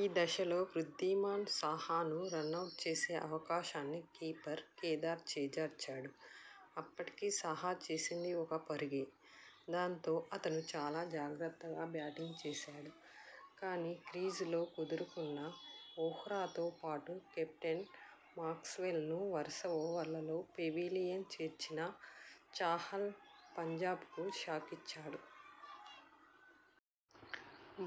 ఈ దశలో వృద్ధిమాన్ సాహా ను రనౌట్ చేసే అవకాశాన్ని కీపర్ కేదార్ చేజార్చాడు. అప్పటికి సాహా చేసింది ఒక పరుగే. దాంతో అతను చాలా జాగ్రత్తగా బ్యాటింగ్ చేశాడు. కానీ, క్రీజులో కుదురుకున్న వోహ్రాతో పాటు కెప్టెన్ మాక్స్వెల్ ను వరుస ఓవర్లలో పెవిలియన్ చేర్చిన చాహల్ పంజాబ్కు షాకిచ్చాడు.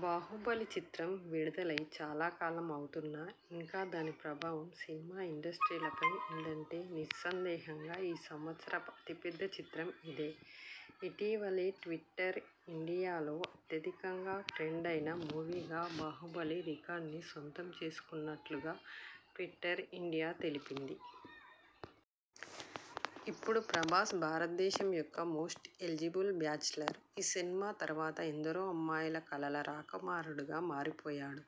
'బాహుబలి ' చిత్రం విడుదలై చాలా కాలం అవుతున్నా ఇంకా దాని ప్రభావం సినిమా ఇండస్ట్రీలపై ఉందంటే నిస్సందేహంగా ఈ సంవత్సరపు అతిపెద్ద చిత్రం ఇదే. ఇటీవలే ట్విట్టర్ ఇండియాలో అత్యధికంగా ట్రెండ్ అయిన మూవీగా 'బాహుబలి ' రికార్డ్ని సొంతం చేసుకున్నట్లుగా ట్విట్టర్ ఇండియా తెలిపింది. ఇప్పుడు ప్రభాస్ భారతదేశం యొక్క మోస్ట్ ఎలిజిబుల్ బ్యాచ్లర్. ఈ సినిమా తర్వాత ఎందరో అమ్మాయిల కలల రాకుమారుడుగా మారిపోయాడు.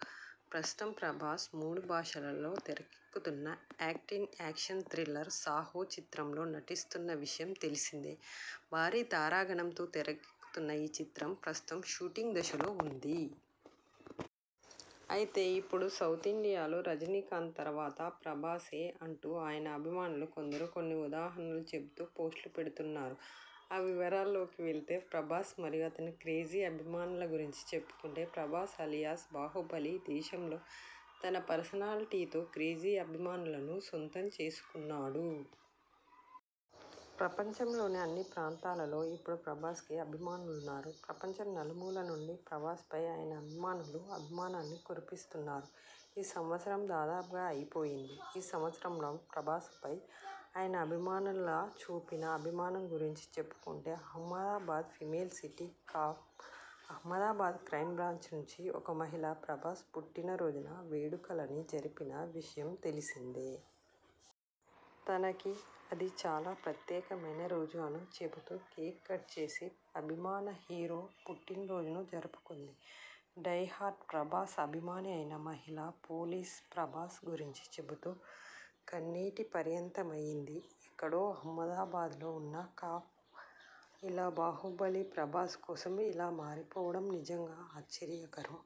ప్రస్తుతం ప్రభాస్ మూడు భాషలలో తెరకెక్కుతున్న ఆక్టేన్ యాక్షన్ థ్రిల్లర్ 'సాహో' చిత్రంలో నటిస్తున్న విషయం తెలిసిందే. భారీ తారాగణంతో తెరకెక్కుతున్న ఈ చిత్రం ప్రస్తుతం షూటింగ్ దశలో ఉంది. అయితే ఇప్పడు సౌతిండియాలో రజినీకాంత్ తర్వాత ప్రభాసే అంటూ ఆయన అభిమానులు కొందరు కొన్ని ఉదహరణలు చెబుతూ పోస్ట్లు పెడుతున్నారు. ఆ వివరాలలోకి వెళితే ప్రభాస్ మరియు అతని క్రేజీ అభిమానుల గురించి చెప్పుకుంటే ప్రభాస్ అలియాస్ బాహుబలి దేశంలో తన పర్సనాలిటీతో క్రేజీ అభిమానులను సొంతం చేసుకున్నాడు. ప్రపంచంలోని అన్ని ప్రాంతాలలో ఇప్పుడు ప్రభాస్కి అభిమానులున్నారు. ప్రపంచం నలుమూలల నుండి ప్రభాస్పై ఆయన అభిమానులు అభిమానాన్ని కురిపిస్తున్నారు. ఈ సంవత్సరం దాదాపుగా అయిపోబోతుంది. ఈ సంవత్సరంలో ప్రభాస్పై ఆయన అభిమానుల చూపిన అభిమానం గురించి చెప్పుకుంటే Ahmedabad female city cop Ahmedabad crime branch నుండి ఒక మహిళ ప్రభాస్ పుట్టినరోజున వేడుకలని జరిపిన విషయం తెలిసిందే. తనకి అది చాలా ప్రత్యేకమైన రోజు అని చెబుతూ కేక్ కట్ చేసి అభిమాన హీరో పుట్టినరోజును జరుపుకుంది. డై-హార్డ్ ప్రభాస్ అభిమాని అయిన మహిళా పోలీసు ప్రభాస్ గురించి చెబుతూ కన్నీటిపర్యంతమయింది. ఎక్కడో అహ్మదాబాద్లో ఉన్న కాప్ ఇలా బాహుబలి ప్రభాస్ కోసం ఇలా మారిపోవడం నిజంగా ఆశ్చర్యకరం.